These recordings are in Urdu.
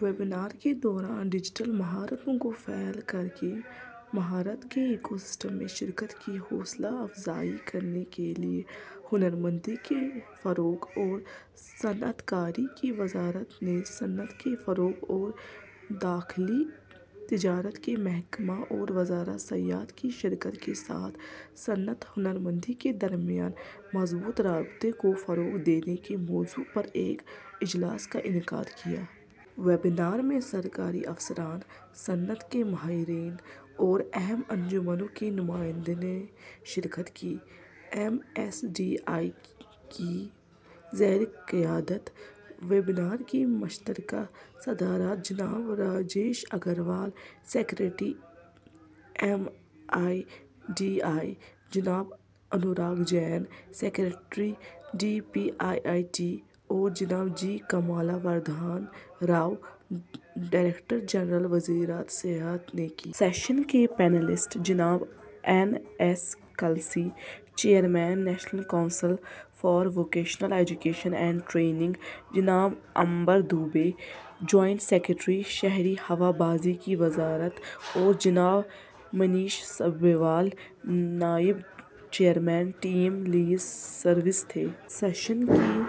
ویبینار کے دوران ڈیجیٹل مہارتوں کو فعال کرکے مہارت کے ایکوسسٹم میں شرکت کی حوصلہ افزائی کرنے کے لیے ہنرمندی کے فروغ اور صنعت کاری کی وزارت نے صنعت کے فروغ اور داخلی تجارت کے محکمہ اور وزارت سیاحت کی شراکت کے ساتھ صنعت-ہنر مندی کے درمیان مضبوط رابطہ کو فروغ دینے کے موضوع پر ایک اجلاس کا انعقاد کیا۔ ویبینار میں سرکاری افسران، صنعت کے ماہرین اور اہم انجمنوں کے نمائندوں نے شرکت کی۔ ایم ایس ڈی ای کی زیرقیادت ویبینار کی مشترکہ صدارت جناب Rajesh Agarwal, secretary, M S D E, جناب Anurag Jain, secretary, D P I I T اور جناب G Kamala Vardhana Rao, director general, وزارت سیاحت نے کی۔ سیشن کے پینلسٹ جناب N S Kalsi, chairman, national council for vocational education and training, جناب امبر دوبے، جوائنٹ سکریٹری، شہری ہوا بازی کی وزارت اور جناب منیش سابھروال، نائب چیئرمین، ٹیم لیز سروسز تھے۔ سیشن کی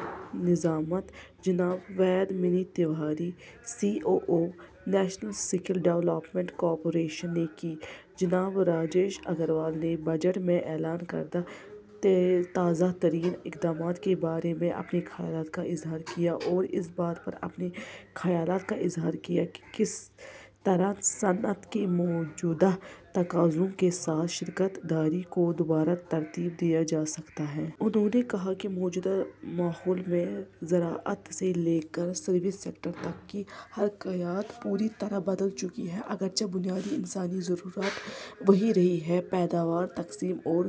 نظامت جناب Ved Mani Tiwari, C O O, national skill development corporation نے کی۔ جناب راجیش اگروال نے بجٹ میں اعلان کردہ تازہ ترین اقدامات کے بارے میں اپنے خیالات کا اظہار کیا اور اس بات پر اپنے خیالات کا اظہار کیا کہ کس طرح صنعت کے موجودہ تقاضوں کے ساتھ شراکت داری کو دوبارہ ترتیب دیا جا سکتا ہے۔ انہوں نے کہا کہ موجودہ ماحول میں زراعت سے لے کر سروس سیکٹر تک کی حرکیات پوری طرح بدل چکی ہے۔ اگرچہ بنیادی انسانی ضروریات وہی رہی ہیں، پیداوار، تقسیم اور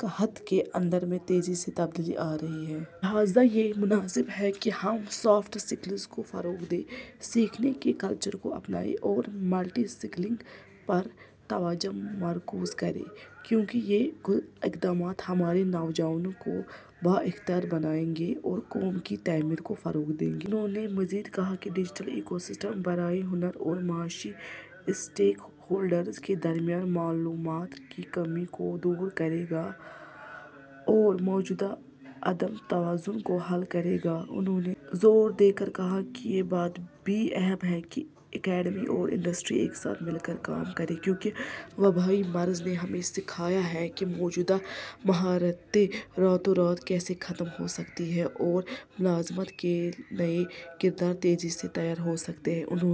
کھپت کے انداز میں تیزی سے تبدیلی آ رہی ہے۔ لہذا یہ مناسب ہے کہ ہم سافٹ اسکلز کو فروغ دیں، سیکھنے کے کلچر کو اپنائیں اور ملٹی اسکلنگ پر توجہ مرکوز کریں، کیونکہ یہ اقدامات ہمارے نوجوانوں کو بااختیار بنائیں گے اور قوم کی تعمیر کو فروغ دیں گے۔ انہوں نے مزید کہا کہ ڈیجیٹل ایکو سسٹم برائے ہنر اور معاش اسٹیک ہولڈرز کے درمیان معلومات کی کمی کو دور کرے گا اور موجودہ عدم توازن کو حل کرے گا۔ انہوں نے زور دے کر کہا کہ یہ بات بھی اہم ہے کہ اکیڈمیا اور انڈسٹری ایک ساتھ مل کر کام کریں کیونکہ وبائی مرض نے ہمیں سکھایا ہے کہ موجودہ مہارتیں راتوں رات کیسے ختم ہو سکتی ہیں اور ملازمت کے نئے کردار تیزی سے تیار ہو سکتے ہیں۔ انہوں